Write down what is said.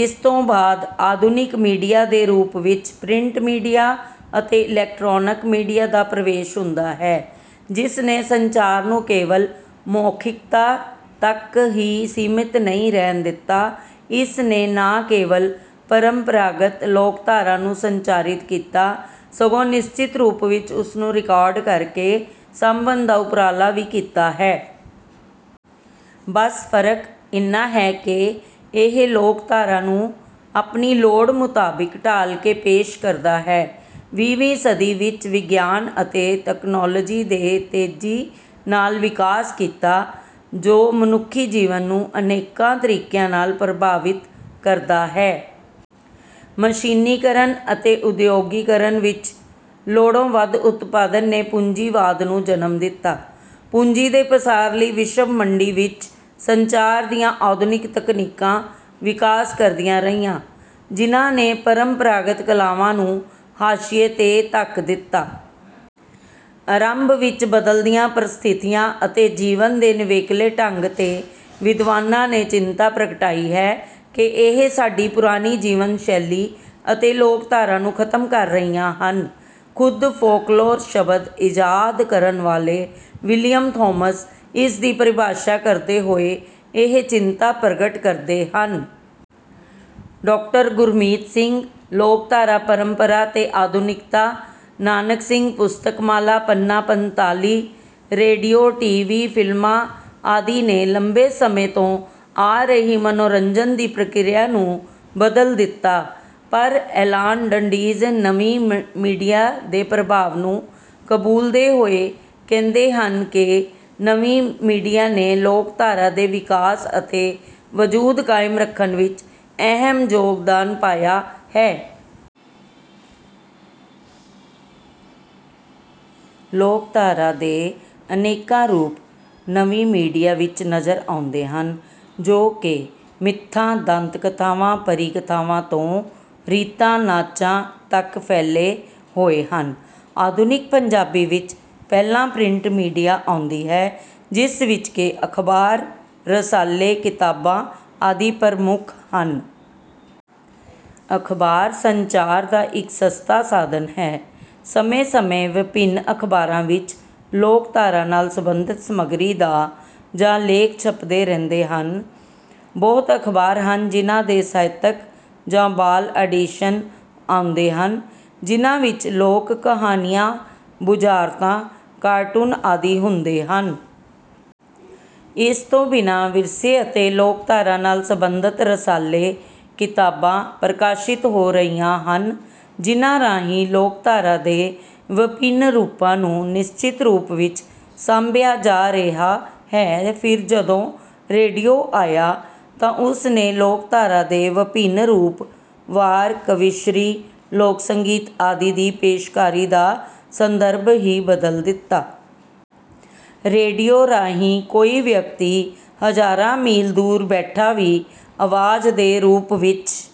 ਇਸਤੋਂ ਬਾਅਦ ਆਧੁਨਿਕ ਮੀਡੀਆ ਦੇ ਰੂਪ ਵਿਚ ਪ੍ਰਿੰਟ ਮੀਡੀਆ ਅਤੇ ਇਲੈਕਟ੍ਰੋਨਕ ਮੀਡੀਆ ਦਾ ਪਰਵੇਸ਼ ਹੁੰਦਾ ਹੈ। ਜਿਸ ਨੇ ਸੰਚਾਰ ਨੂੰ ਕੇਵਲ ਮੌਖਿਕਤਾ ਤੱਕ ਹੀ ਸੀਮਿਤ ਨਹੀਂ ਰਹਿਣ ਦਿੱਤਾ। ਇਸਨੇ ਨਾ ਕੇਵਲ ਪ੍ਰੰਪਰਾਗਤ ਲੋਕਧਾਰਾ ਨੂੰ ਸੰਚਾਰਿਤ ਕੀਤਾ ਸਗੋਂ ਨਿਸ਼ਚਿਤ ਰੂਪ ਵਿੱਚ ਉਸਨੂੰ ਰਿਕਾਰਡ ਕਰਕੇ ਸਾਂਭਣ ਦਾ ਉਪਰਾਲਾ ਵੀ ਕੀਤਾ ਹੈ। ਬਸ ਫ਼ਰਕ ਇਨ੍ਹਾਂ ਹੈ ਕਿ ਇਹ ਲੋਕਧਾਰਾ ਨੂੰ ਆਪਣੀ ਲੋੜ ਮੁਤਾਬਿਕ ਢਾਲ ਕੇ ਪੇਸ਼ ਕਰਦਾ ਹੈ। ਵੀਹ ਵੀਂ ਸਦੀ ਵਿਚ ਵਿਗਿਆਨ ਅਤੇ ਤਕਨਾਲੋਜੀ ਦੇ ਤੇਜ਼ੀ ਨਾਲ ਵਿਕਾਸ ਕੀਤਾ ਜੋ ਮਨੁੱਖੀ ਜੀਵਨ ਨੂੰ ਅਨੇਕਾਂ ਤਰੀਕਿਆਂ ਨਾਲ ਪ੍ਰਭਾਵਿਤ ਕਰਦਾ ਹੈ। ਮਸ਼ੀਨੀਕਰਨ ਅਤੇ ਉਦ੍ਯੋਗੀਕਰਨ ਵਿਚ ਲੋੜੋਂ ਵੱਧ ਉਤਪਾਦਨ ਨੇ ਪੂੰਜੀਵਾਦ ਨੂੰ ਜਨਮ ਦਿੱਤਾ। ਪੂੰਜੀ ਦੇ ਪਸਾਰ ਲਈ ਵਿਸ਼ਵ ਮੰਡੀ ਵਿਚ ਸੰਚਾਰ ਦੀਆਂ ਆਧੁਨਿਕ ਤਕਨੀਕਾਂ ਵਿਕਾਸ ਕਰਦੀਆਂ ਰਹੀਆਂ ਜਿਨ੍ਹਾਂ ਨੇ ਪਰੰਪਰਾਗਤ ਕਲਾਵਾਂ ਨੂੰ ਹਾਸ਼ੀਏ ਤੇ ਧੱਕ ਦਿੱਤਾ। ਆਰੰਭ ਵਿੱਚ ਬਦਲਦੀਆਂ ਪ੍ਰਸਥਿਤੀਆਂ ਅਤੇ ਜੀਵਨ ਦੇ ਨਿਵੇਕਲੇ ਢੰਗ ਤੇ ਵਿਦਵਾਨਾਂ ਨੇ ਚਿੰਤਾ ਪ੍ਰਗਟਾਈ ਹੈ ਕਿ ਇਹ ਸਾਡੀ ਪੁਰਾਣੀ ਜੀਵਨ ਸ਼ੈਲੀ ਅਤੇ ਲੋਕਧਾਰਾ ਨੂੰ ਖ਼ਤਮ ਕਰ ਰਹੀਆਂ ਹਨ। ਖੁਦ ਫੋਕਲੋਰ ਸ਼ਬਦ ਇਜਾਦ ਕਰਨ ਵਾਲੇ ਵਿਲੀਅਮ ਥੋਮਸ ਇਸ ਦੀ ਪਰਿਭਾਸ਼ਾ ਕਰਦੇ ਹੋਏ ਇਹ ਚਿੰਤਾ ਪ੍ਰਗਟ ਕਰਦੇ ਹਨ। ਡਾਕਟਰ ਗੁਰਮੀਤ ਸਿੰਘ, ਲੋਕਧਾਰਾ ਪਰੰਪਰਾ ਤੇ ਆਧੁਨਿਕਤਾ, ਨਾਨਾਕ ਸਿੰਘ ਪੁਸਤਕ ਮਾਲਾ ਪੰਨਾ-ਪੰਤਾਲੀ, ਰੇਡੀਓ, ਟੀ. ਵੀ., ਫਿ਼ਲਮਾਂ ਆਦਿ ਨੇ ਲੰਬੇ ਸਮੇਂ ਤੋਂ ਆ ਰਹੀ ਮਨੋਰੰਜਨ ਦੀ ਪ੍ਰਕਿਰਿਆ ਨੂੰ ਬਦਲ ਦਿੱਤਾ। ਪਰ ਐਲਨ ਡੰਡੀਜ਼ ਨਵੀਂ ਮੀਡੀਆ ਦੇ ਪ੍ਰਭਾਵ ਨੂੰ ਕਬੂਲਦੇ ਹੋਏ ਕਹਿੰਦੇ ਹਨ ਕਿ ਨਵੀਂ ਮੀਡੀਆ ਨੇ ਲੋਕਧਾਰਾ ਦੇ ਵਿਕਾਸ ਅਤੇ ਵਜੂਦ ਕਾਇਮ ਰੱਖਣ ਵਿੱਚ ਅਹਿਮ ਯੋਗਦਾਨ ਪਾਇਆ ਹੈ। ਲੋਕਧਾਰਾ ਦੇ ਅਨੇਕਾਂ ਰੂਪ ਨਵੀਂ ਮੀਡੀਆ ਵਿੱਚ ਨਜ਼ਰ ਆਉਂਦੇ ਹਨ, ਜੋ ਕਿ ਮਿੱਥਾਂ, ਦੰਤ ਕਥਾਵਾਂ, ਪਰੀ ਕਥਾਵਾਂ ਤੋਂ ਰੀਤਾਂ, ਨਾਚਾਂ ਤੱਕ ਫੈਲੇ ਹੋਏ ਹਨ। ਆਧੁਨਿਕ ਪੰਜਾਬੀ ਵਿੱਚ ਪਹਿਲਾਂ ਪ੍ਰਿੰਟ ਮੀਡੀਆ ਆਉਂਦੀ ਹੈ ਜਿਸ ਵਿੱਚ ਕਿ ਅਖ਼ਬਾਰ, ਰਸਾਲੇ, ਕਿਤਾਬਾਂ ਆਦਿੇ ਪਰਮੁੱਖ ਹਨ। ਅਖ਼ਬਾਰ ਸੰਚਾਰ ਦਾ ਇੱਕ ਸਸਤਾ ਸਾਧਨ ਹੈ ਸਮੇਂ ਸਮੇਂ ਵਿਭਿੰਨ ਅਖਬਾਰਾਂ ਵਿੱਚ ਲੋਕਧਾਰਾ ਨਾਲ ਸਬੰਧਿਤ ਸਮੱਗਰੀ ਦਾ ਜਾ ਲੇਖ ਛਪਦੇ ਰਹਿੰਦੇ ਹਨ। ਬਹੁਤ ਅਖ਼ਬਾਰ ਹਨ ਜਿਨ੍ਹਾਂ ਦੇ ਸਾਹਿਤਕ ਜਾਂ ਬਾਲ ਐਡੀਸ਼ਨ ਆਉਂਦੇ ਹਨ, ਜਿਨ੍ਹਾਂ ਵਿੱਚ ਲੋਕ ਕਹਾਣੀਆਂ, ਬੁਝਾਰਤਾਂ, ਕਾਰਟੂਨ ਆਦਿ ਹੁੰਦੇ ਹਨ। ਇਸ ਤੋਂ ਬਿਨ੍ਹਾਂ ਵਿਰਸੇ ਅਤੇ ਲੋਕਧਾਰਾ ਨਾਲ ਸਬੰਧਿਤ ਰਸਾਲੇ, ਕਿਤਾਬਾਂ ਪ੍ਰਕਾਸ਼ਿਤ ਹੋ ਰਹੀਆਂ ਹਨ ਜਿਨ੍ਹਾਂ ਰਾਹੀਂ ਲੋਕਧਾਰਾ ਦੇ ਵਿਭਿੰਨ ਰੂਪਾਂ ਨੂੰ ਨਿਸ਼ਚਿਤ ਰੂਪ ਵਿੱਚ ਸਾਂਭਿਆ ਜਾ ਰਿਹਾ ਹੈ। ਫਿਰ ਜਦੋਂ ਰੇਡੀਓ ਆਇਆ ਤਾਂ ਉਸ ਨੇ ਲੋਕਧਾਰਾ ਦੇ ਵਿਭਿੰਨ ਰੂਪ ਵਾਰ, ਕਵੀਸ਼ਰੀ, ਲੋਕ ਸੰਗੀਤ ਆਦਿ ਦੀ ਪੇਸ਼ਕਾਰੀ ਦਾ ਸੰਦਰਭ ਹੀ ਬਦਲ ਦਿੱਤਾ। ਰੇਡੀਓ ਰਾਹੀਂ ਕੋਈ ਵਿਅਕਤੀ ਹਜ਼ਾਰਾਂ ਮੀਲ ਦੂਰ ਬੈਠਾ ਵੀ ਆਵਾਜ਼ ਦੇ ਰੂਪ ਵਿੱਚ